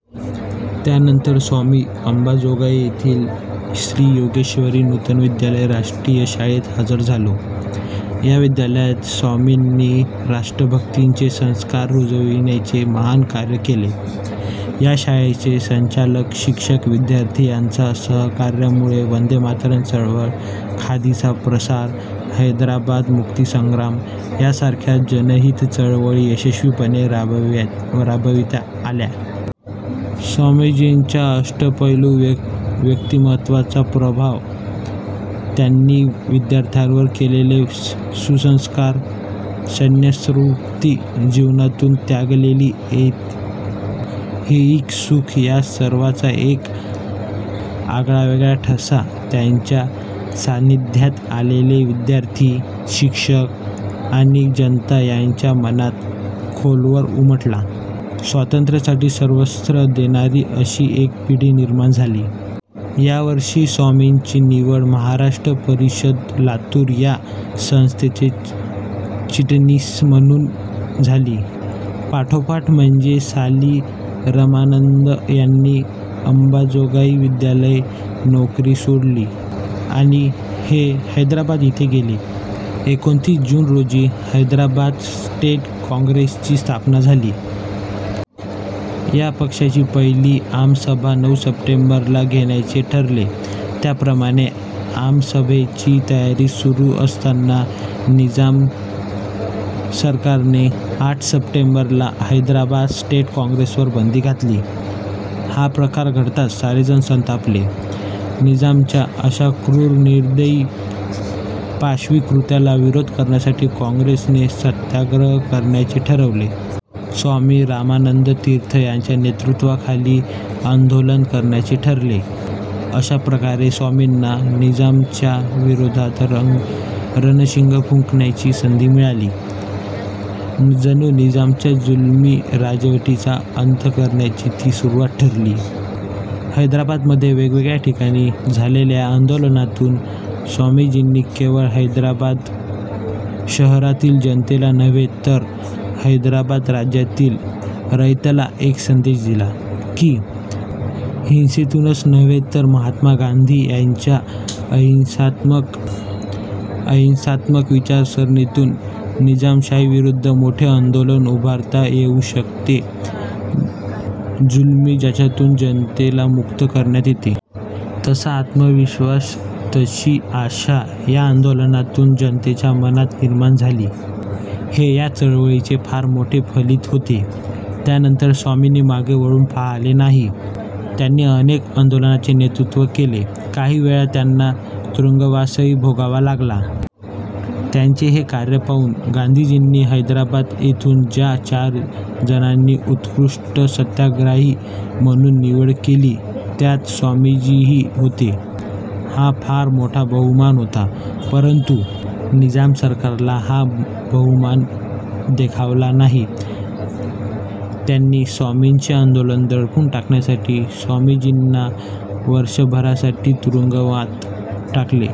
त्यानंतर स्वामी अंबाजोगाई येथील श्री योगेश्वरी नूतन विद्यालयात राष्ट्रीय शाळेत हजर झाले. या विद्यालयात स्वामींनी राष्ट्रभक्तीचे संस्कार रुजविण्याचे महान कार्य केले. या शाळेचे संस्थाचालक, शिक्षक, विद्यार्थी यांच्या सहकार्यामुळे वंदे मातरम् चळवळ, खादीचा प्रसार, हैदराबाद मुक्तीसंग्राम यासारख्या जनहित चळवळी यशस्वीपणे राबविता आल्या. स्वामीजींच्या अष्टपैलू व्यक्तिमत्त्वाचा प्रभाव, त्यांनी विद्यार्थ्यांवर केलेले सुसंस्कार, संन्यस्तवृत्ती, जीवनातून त्यागलेले ऐहिक सुख या सर्वांचा एक आगळावेगळा ठसा त्यांच्या सान्निध्यात आलेले विद्यार्थी, शिक्षक आणि जनता यांच्या मनात खोलवर उमटला. स्वातंत्र्यासाठी सर्वस्व देणारी अशी एक पिढी निर्माण झाली. यावर्षी स्वामींची निवड महाराष्ट्र परिषद, लातूर या संस्थेचे चिटणीस म्हणून झाली. पाठोपाठ म्हणजे साली रामानंद यांनी अंबाजोगाई विद्यालयातील नोकरी सोडली आणि ते हैदराबाद येथे गेले. एकोणतीस जून रोजी हैदराबाद स्टेट काँग्रेसची स्थापना झाली. या पक्षाची पहिली आमसभा नऊ सप्टेंबरला घेण्याचे ठरले. त्याप्रमाणे आमसभेची तयारी सुरू असताना निजाम सरकारने आठ सप्टेंबरला हैदराबाद स्टेट काँग्रेसवर बंदी घातली. हा प्रकार घडताच सारे जण संतापले. निजामाच्या अशा क्रूर, निर्दयी, पाशवी कृत्याला विरोध करण्यासाठी काँग्रेसने सत्याग्रह करण्याचे ठरवले. स्वामी रामानंद तीर्थ यांच्या नेतृत्वाखाली हे आंदोलन करण्याचे ठरले. अशाप्रकारे स्वामींना निजामाच्या विरोधात रणशिंग फुंकण्याची संधी मिळाली. जणू निजामाच्या जुलमी राजवटीचा अंत करण्याची ती सुरुवात ठरली. हैदराबादमध्ये वेगवेगळ्या ठिकाणी झालेल्या या आंदोलनातून स्वामीजींनी केवळ हैदराबाद शहरातीलच जनतेला नव्हे, तर हैदराबाद राज्यातील रयतेला एक संदेश दिला की, हिंसेतूनच नव्हे तर महात्मा गांधी यांच्या अहिंसात्मक विचारसरणीतून निजामशाहीविरुद्ध मोठे आंदोलन उभारता येऊ शकते, जुलमी जाचातून जनतेला मुक्त करता येते. तसा आत्मविश्वास, तशी आशा या आंदोलनातून जनतेच्या मनात निर्माण झाली, हे या चळवळीचे फार मोठे फलित होते. यानंतर स्वामींनी मागे वळून पाहिले नाही. त्यांनी अनेक आंदोलनाचे नेतृत्व केले. काही वेळा त्यांना तुरुंगवासही भोगावा लागला. त्यांचे हे कार्य पाहून गांधीजींनी हैदराबाद येथून ज्या चार जणांची उत्कृष्ट सत्याग्रही म्हणून निवड केली, त्यात स्वामीजीही होते. हा फार मोठा बहुमान होता, परंतु निजाम सरकारला हा बहुमान देखवला नाही. त्याने स्वामींचे आंदोलन दडपून टाकण्यासाठी स्वामीजींना वर्षभरासाठी तुरुंगात टाकले.